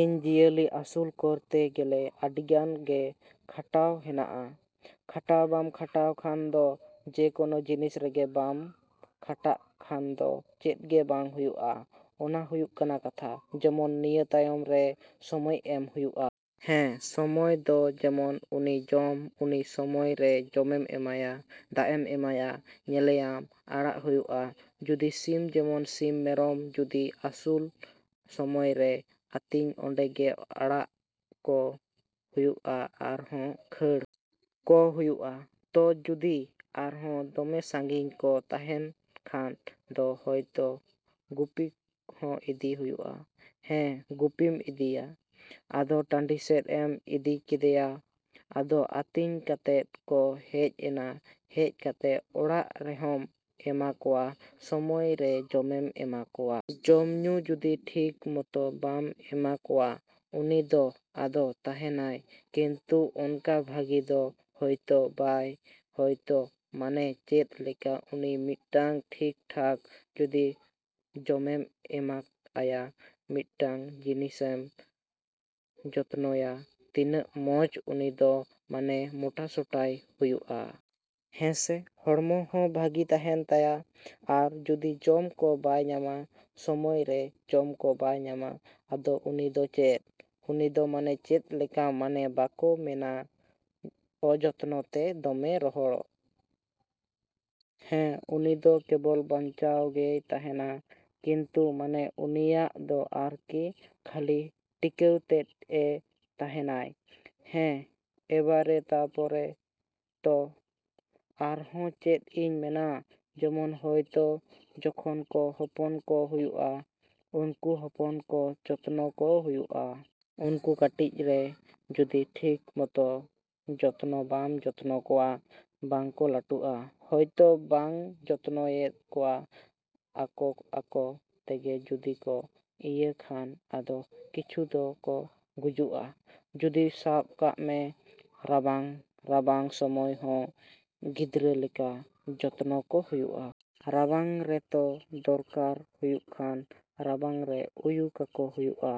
‎ᱤᱧ ᱡᱤᱭᱟᱹᱞᱤ ᱟᱹᱥᱩᱞ ᱠᱚᱨᱛᱮ ᱜᱮᱞᱮ ᱟᱹᱰᱤᱜᱟᱱ ᱜᱮ ᱠᱷᱟᱴᱟᱣ ᱦᱩᱭᱩᱜᱼᱟ᱾ ᱠᱷᱟᱴᱟᱣ ᱵᱟᱢ ᱠᱷᱟᱴᱟᱜ ᱠᱷᱟᱱ ᱫᱚ ᱡᱮᱠᱚᱱᱚ ᱡᱤᱱᱤᱥ ᱨᱮᱜᱮ ᱵᱟᱢ ᱠᱷᱟᱴᱟᱜ ᱠᱷᱟᱱ ᱫᱚ ᱪᱮᱫ ᱜᱮ ᱵᱟᱝ ᱦᱩᱭᱩᱜᱼᱟ᱾ ᱚᱱᱟ ᱦᱩᱭᱩᱜ ᱠᱟᱱᱟ ᱠᱟᱛᱷᱟ᱾ ᱡᱮᱢᱚᱱ ᱱᱤᱭᱟᱹ ᱛᱟᱭᱚᱢ ᱨᱮ ᱥᱚᱢᱚᱭ ᱮᱢ ᱦᱩᱭᱩᱜᱼᱟ᱾ ᱦᱮᱸ, ᱥᱚᱢᱚᱭ ᱫᱚ ᱡᱮᱢᱚᱱ ᱩᱱᱤ ᱡᱚᱢ ᱩᱱᱤ ᱥᱚᱢᱚᱭ ᱨᱮ ᱡᱚᱢᱮᱢ ᱮᱢᱟᱭᱟ, ᱫᱟᱜ ᱮᱢ ᱮᱢᱟᱭᱟ, ᱧᱮᱞᱮᱭᱟᱢ, ᱟᱲᱟᱜ ᱦᱩᱭᱩᱜᱼᱟ᱾ ᱡᱩᱫᱤ ᱥᱤᱢ ᱡᱮᱢᱚᱱ ᱥᱤᱢ ᱢᱮᱨᱚᱢ ᱡᱩᱫᱤ ᱟᱹᱥᱩᱞ ᱥᱚᱢᱚᱭ ᱨᱮ ᱟᱹᱛᱤᱧ ᱚᱸᱰᱮ ᱜᱮ ᱟᱲᱟᱜ ᱠᱚ ᱦᱩᱭᱩᱜᱼᱟ ᱟᱨᱦᱚᱸ ᱠᱷᱟ.ᱲ ᱠᱚ ᱦᱩᱭᱩᱜᱼᱟ᱾ ᱛᱚ ᱡᱩᱫᱤ ᱟᱨᱦᱚᱸ ᱫᱚᱢᱮ ᱥᱟᱺᱜᱤᱧ ᱠᱚ ᱛᱟᱦᱮᱱ ᱠᱷᱟᱱ ᱫᱚ ᱦᱚᱭᱛᱚ ᱜᱩᱯᱤ ᱦᱚᱸ ᱤᱫᱤᱭ ᱦᱩᱭᱩᱜᱼᱟ᱾ ᱦᱮᱸ, ᱜᱩᱯᱤᱢ ᱤᱫᱤᱭᱟ᱾ ᱟᱫᱚ ᱴᱟᱺᱰᱤ ᱥᱮᱫ ᱮᱢ ᱤᱫᱤ ᱠᱮᱫᱮᱭᱟ᱾ ᱟᱫᱚ ᱟᱹᱛᱤᱧ ᱠᱟᱛᱮ ᱠᱚ ᱦᱮᱡ ᱮᱱᱟ᱾ ᱦᱮᱡ ᱠᱟᱛᱮ ᱚᱲᱟᱜ ᱨᱮᱦᱚᱸᱢ ᱮᱢᱟ ᱠᱚᱣᱟ, ᱥᱚᱢᱚᱭ ᱨᱮ ᱡᱚᱢᱮᱢ ᱮᱢᱟ ᱠᱚᱣᱟ᱾ ᱡᱚᱢᱼᱧᱩ ᱡᱩᱫᱤ ᱴᱷᱤᱠ ᱢᱚᱛᱚ ᱵᱟᱢ ᱮᱢᱟ ᱠᱚᱣᱟ, ᱩᱱᱤ ᱫᱚ ᱟᱫᱚ ᱛᱟᱦᱮᱱᱟᱭ ᱠᱤᱱᱛᱩ ᱚᱱᱠᱟ ᱵᱷᱟᱹᱜᱤ ᱫᱚ ᱦᱚᱭᱛᱚ ᱵᱟᱭ ᱦᱚᱭᱛᱚ ᱢᱟᱱᱮ ᱪᱮᱫ ᱞᱮᱠᱟ ᱩᱱᱤ ᱢᱤᱫᱴᱟᱝ ᱴᱷᱤᱠ ᱴᱷᱟᱠ ᱡᱩᱫᱤ ᱡᱚᱢᱮᱢ ᱮᱢᱟ ᱟᱭᱟ, ᱢᱤᱫᱴᱟᱝ ᱡᱤᱱᱤᱥᱮᱢ ᱡᱚᱛᱱᱚᱭᱟ, ᱛᱤᱱᱟᱹᱜ ᱢᱚᱡᱽ ᱩᱱᱤ ᱫᱚ ᱢᱟᱱᱮ ᱢᱚᱴᱟᱥᱚᱴᱟᱭ ᱦᱩᱭᱩᱜᱼᱟ᱾ ᱦᱮᱸ ᱥᱮ ᱦᱚᱲᱢᱚ ᱦᱚᱸ ᱵᱷᱟᱹᱜᱤ ᱛᱟᱦᱮᱱ ᱛᱟᱭᱟ᱾ ᱟᱨ ᱡᱩᱫᱤ ᱡᱚᱢ ᱠᱚ ᱵᱟᱭ ᱧᱟᱢᱟ, ᱥᱚᱢᱚᱭ ᱨᱮ ᱡᱚᱢ ᱠᱚ ᱵᱟᱭ ᱧᱟᱢᱟ, ᱟᱫᱚ ᱩᱱᱤ ᱫᱚ ᱪᱮᱫ? ᱩᱱᱤ ᱫᱚ ᱢᱟᱱᱮ ᱪᱮᱫ ᱞᱮᱠᱟ ᱢᱟᱱᱮ ᱵᱟᱠᱚ ᱢᱮᱱᱟ ᱚᱡᱚᱛᱱᱚ ᱛᱮ ᱫᱚᱢᱮ ᱨᱚᱦᱚᱲᱚᱜᱼᱟᱭ᱾ ᱦᱮᱸ, ᱩᱱᱤ ᱫᱚ ᱠᱮᱵᱚᱞ ᱵᱟᱧᱪᱟᱣ ᱜᱮᱭ ᱛᱟᱦᱮᱱᱟ ᱠᱤᱱᱛᱩ ᱢᱟᱱᱮ ᱩᱱᱤᱭᱟᱜ ᱫᱚ ᱟᱨᱠᱤ ᱠᱷᱟᱹᱞᱤ ᱴᱤᱠᱟᱹᱣ ᱛᱮᱫ ᱮ ᱛᱟᱦᱮᱱᱟᱭ᱾ ᱦᱮᱸ, ᱮᱵᱟᱨᱮ ᱛᱟᱨᱯᱚᱨᱮ ᱛᱚ ᱟᱨᱦᱚᱸ ᱪᱮᱫ ᱤᱧ ᱢᱮᱱᱟ ᱡᱮᱢᱚᱱ ᱦᱚᱭᱛᱚ ᱡᱚᱠᱷᱚᱱ ᱠᱚ ᱦᱚᱯᱚᱱ ᱠᱚ ᱦᱩᱭᱩᱜᱼᱟ, ᱩᱱᱠᱩ ᱦᱚᱯᱚᱱ ᱠᱚ ᱡᱚᱛᱱᱚ ᱠᱚ ᱦᱩᱭᱩᱜᱼᱟ᱾ ᱩᱱᱠᱩ ᱠᱟᱹᱴᱤᱡ ᱨᱮ ᱡᱩᱫᱤ ᱴᱷᱤᱠ ᱢᱚᱛᱚ ᱡᱚᱛᱱᱚ ᱵᱟᱢ ᱡᱚᱛᱱᱚ ᱠᱚᱣᱟ, ᱵᱟᱝ ᱠᱚ ᱞᱟᱹᱴᱩᱜᱼᱟ᱾ ᱦᱚᱭᱛᱚ ᱵᱟᱢ ᱡᱚᱛᱱᱚᱭᱮᱫ ᱠᱚᱣᱟ, ᱟᱠᱚ ᱟᱠᱚ ᱛᱮᱜᱮ ᱡᱩᱫᱤ ᱠᱚ ᱤᱭᱟᱹ ᱠᱷᱟᱱ ᱟᱫᱚ ᱠᱤᱪᱷᱩ ᱫᱚ ᱠᱚ ᱜᱩᱡᱩᱜᱼᱟ᱾ ᱡᱩᱫᱤ ᱥᱟᱵ ᱠᱟᱜ ᱢᱮ ᱨᱟᱵᱟᱝ ᱨᱟᱵᱟᱝ ᱥᱚᱢᱚᱭ ᱦᱚᱸ ᱜᱤᱫᱽᱨᱟᱹ ᱞᱮᱠᱟ ᱡᱚᱛᱱᱚ ᱠᱚ ᱦᱩᱭᱩᱜᱼᱟ᱾ ᱨᱟᱵᱟᱝ ᱨᱮ ᱛᱚ ᱫᱚᱨᱠᱟᱨ ᱦᱩᱭᱩᱜ ᱠᱷᱟᱱ ᱨᱟᱵᱟᱝ ᱨᱮ ᱩᱭᱩ ᱠᱟᱠᱚ ᱦᱩᱭᱩᱜᱼᱟ᱾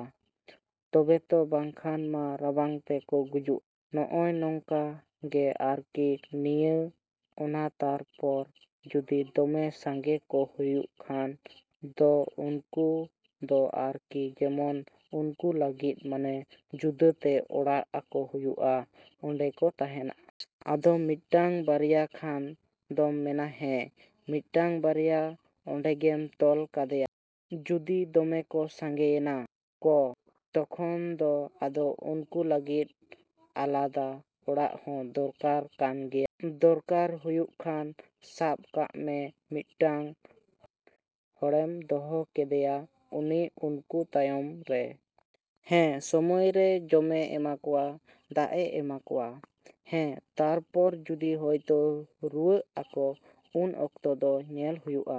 ᱛᱚᱵᱮ ᱛᱚ ᱵᱟᱝ ᱠᱷᱟᱱ ᱢᱟ ᱨᱟᱵᱟᱝ ᱛᱮ ᱠᱚ ᱜᱚᱡᱩᱜᱼᱟ ᱠᱚ᱾ ᱱᱚᱜᱼᱚᱭ ᱱᱚᱝᱠᱟ ᱜᱮ ᱟᱨᱠᱤ ᱱᱤᱭᱟᱹ ᱚᱱᱟ ᱛᱟᱨᱯᱚᱨ ᱡᱩᱫᱤ ᱫᱚᱢᱮ ᱥᱟᱸᱜᱮ ᱠᱚ ᱦᱩᱭᱩᱜ ᱠᱷᱟᱱ ᱫᱚ ᱩᱱᱠᱩ ᱫᱚ ᱟᱨᱠᱤ ᱡᱮᱢᱚᱱ ᱩᱱᱠᱩ ᱞᱟᱹᱜᱤᱫ ᱢᱟᱱᱮ ᱡᱩᱫᱟᱹ ᱛᱮ ᱚᱲᱟᱜ ᱟᱠᱚ ᱦᱩᱭᱩᱜᱼᱟ, ᱚᱸᱰᱮ ᱠᱚ ᱛᱟᱦᱮᱱᱟ᱾ ᱟᱫᱚ ᱢᱤᱫᱴᱟᱝ ᱵᱟᱨᱭᱟ ᱠᱷᱟᱱ ᱫᱚᱢ ᱢᱮᱱᱟ ᱦᱮᱸ, ᱢᱤᱫᱴᱟᱝ ᱵᱟᱨᱭᱟ ᱚᱸᱰᱮ ᱜᱮᱢ ᱛᱚᱞ ᱠᱟᱫᱮᱭᱟ᱾ ᱡᱩᱫᱤ ᱫᱚᱢᱮ ᱠᱚ ᱥᱟᱸᱜᱮᱭᱮᱱᱟ ᱠᱚ, ᱛᱚᱠᱷᱚᱱ ᱫᱚ ᱟᱫᱚ ᱩᱱᱠᱩ ᱞᱟᱹᱜᱤᱫ ᱟᱞᱟᱫᱟ ᱚᱲᱟᱜ ᱦᱚᱸ ᱫᱚᱨᱠᱟᱨ ᱠᱟᱱ ᱜᱮᱭᱟ᱾ ᱫᱚᱨᱠᱟᱨ ᱦᱩᱭᱩᱜ ᱠᱷᱟᱱ ᱥᱟᱵ ᱠᱟᱜ ᱢᱮ ᱢᱤᱫᱴᱟᱹᱝ ᱦᱚᱲᱮᱢ ᱫᱚᱦᱚ ᱠᱟᱫᱮᱭᱟ ᱩᱱᱤ ᱩᱱᱠᱩ ᱛᱟᱭᱱᱚᱢ ᱨᱮ᱾ ᱦᱮᱸ, ᱥᱚᱢᱚᱭ ᱨᱮ ᱡᱚᱢᱮ ᱮᱢᱟ ᱠᱚᱣᱟ, ᱫᱟᱜ ᱮ ᱮᱢᱟ ᱠᱚᱣᱟ᱾ ᱦᱮᱸ, ᱛᱟᱨᱯᱚᱨ ᱡᱩᱫᱤ ᱦᱚᱭᱛᱚ ᱨᱩᱣᱟᱹᱜ ᱟᱠᱚ ᱩᱱ ᱚᱠᱛᱚ ᱫᱚ ᱧᱮᱞ ᱦᱳᱭᱳᱜᱼᱟ᱾